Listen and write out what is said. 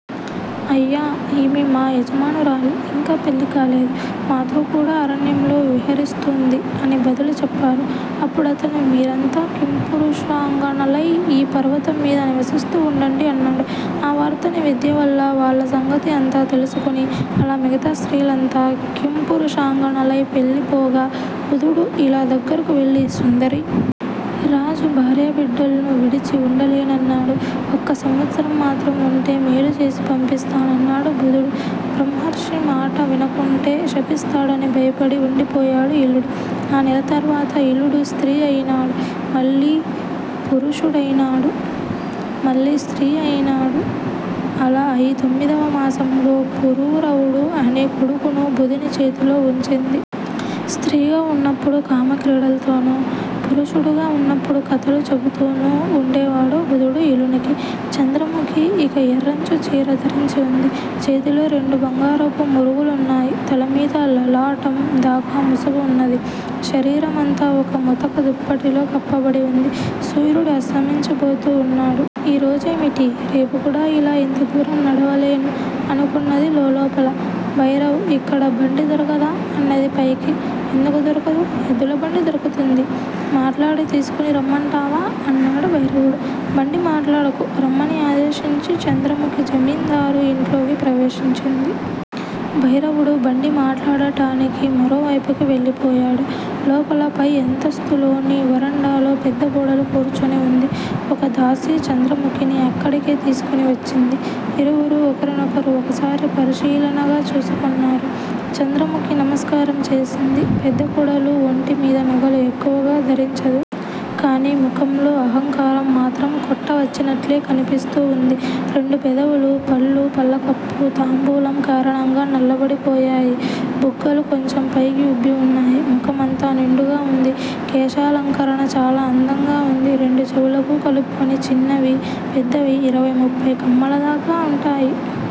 అయ్యా! ఈమె మా యజమానురాలు. ఇంకా పెళ్లి కాలేదు. మాతో కూడా అరణ్యంలో విహరిస్తూంది అని బదులు చెప్పారు. అప్పుడతను మీరంతా కింపురుషాంగనలై ఈ పర్వతం మీద నివసిస్తూ వుండండి అన్నాడు. ఆవార్తని విద్య వల్ల వాళ్ల సంగతి అంతా తెలుసుకొని. అలా మిగతా స్త్రీలంతా కింపురుషాంగనలై వెళ్లిపోగా బుధుడు ఇళ దగ్గరకు వెళ్ళి సుందరీ! రాజు భార్యాబిడ్డల్ను విడిచి వుండలేనన్నాడు. ఒక్క సంవత్సరం మాత్రం వుంటే మేలు చేసి పంపిస్తా నన్నాడు బుధుడు. బ్రహ్మర్షి మాట వినకుంటే శపిస్తాడని భయపడి వుండిపోయాడు ఇళుడు. ఆ నెల తర్వాత ఇళుడు స్త్రీ అయినాడు. మళ్లీ పుఋషుడైనాడు. మళ్ళీ స్త్రీ అయినాడు. అలా అయి తొమ్మిదవ మాసంలో పురూరవుడు అనే కొడుకును బుధుని చేతిలో ఉంచింది. స్త్రీగా వున్నప్పుడు కామక్రీడల్తోనూ, పుఋషుడుగా వున్నప్పుడు కథలు చెపుతూనూ వుండేవాడు బుధుడు ఇళునికి. చంద్రముఖి ఒక ఎర్రంచు చీర ధరించి వుంది. చేతిలో రెండు బంగారపు మురుగులున్నాయి. తల మీద లలాటం దాకా ముసుగు వున్నది. శరీరమంతా ఒక ముతక దుప్పటిలో కప్పబడి వుంది. సూర్యుడు అస్తమించబోతూ వున్నాడు. 'ఈ రోజేమిటి? రేపు కూడా ఇలా ఇంత దూరం నడవలేను. ' అనుకున్నది లోలోపల. భైరవ్! ఇక్కడ బండి దొరకదా? అన్నది పైకి. ఎందుకు దొరకదు? ఎద్దులబండి దొరుకుతుంది. మాట్లాడి తీసికొని రమ్మంటావా? అన్నాడు భైరవుడు. బండి మాట్లాడుకు రమ్మని ఆదేశించి చంద్రముఖి జమీందారు ఇంట్లోకి ప్రవేశించింది. భైరవుడు బండి మాట్లాడటానికి మరోవైపుకు వెళ్ళిపోయాడు. లోపల పై అంతస్తులోని వరండాలో పెద్ద కోడలు కూర్చొని వుంది. ఒక దాసీ చంద్రముఖిని అక్కడికే తీసికొని వచ్చింది. ఇరువురూ ఒకరినొకరు ఒకసారి పరిశీలనగా చూసుకొన్నారు. చంద్రముఖి నమస్కారం చేసింది. పెద్దకోడలు ఒంటి మీద నగలు ఎక్కువగా ధరించదు. కాని ముఖంలో అహంకారం మాత్రం కొట్టవచ్చినట్లే కన్పిస్తూ వుంది. రెండు పెదవులు, పళ్ళు పళ్ళకప్పు, తాంబూలం కారణంగా నల్లబడిపోయాయి. బుగ్గలు కొంచెం పైకి ఉబ్బి వున్నాయి. ముఖం అంతా నిండుగా వుంది. కేశాలంకరణ చాలా అందంగా వుంది. రెండు చెవులకూ కలుపుకొని చిన్నవీ, పెద్దవీ ఇరవై ముప్పై కమ్మలదాకా వుంటాయి.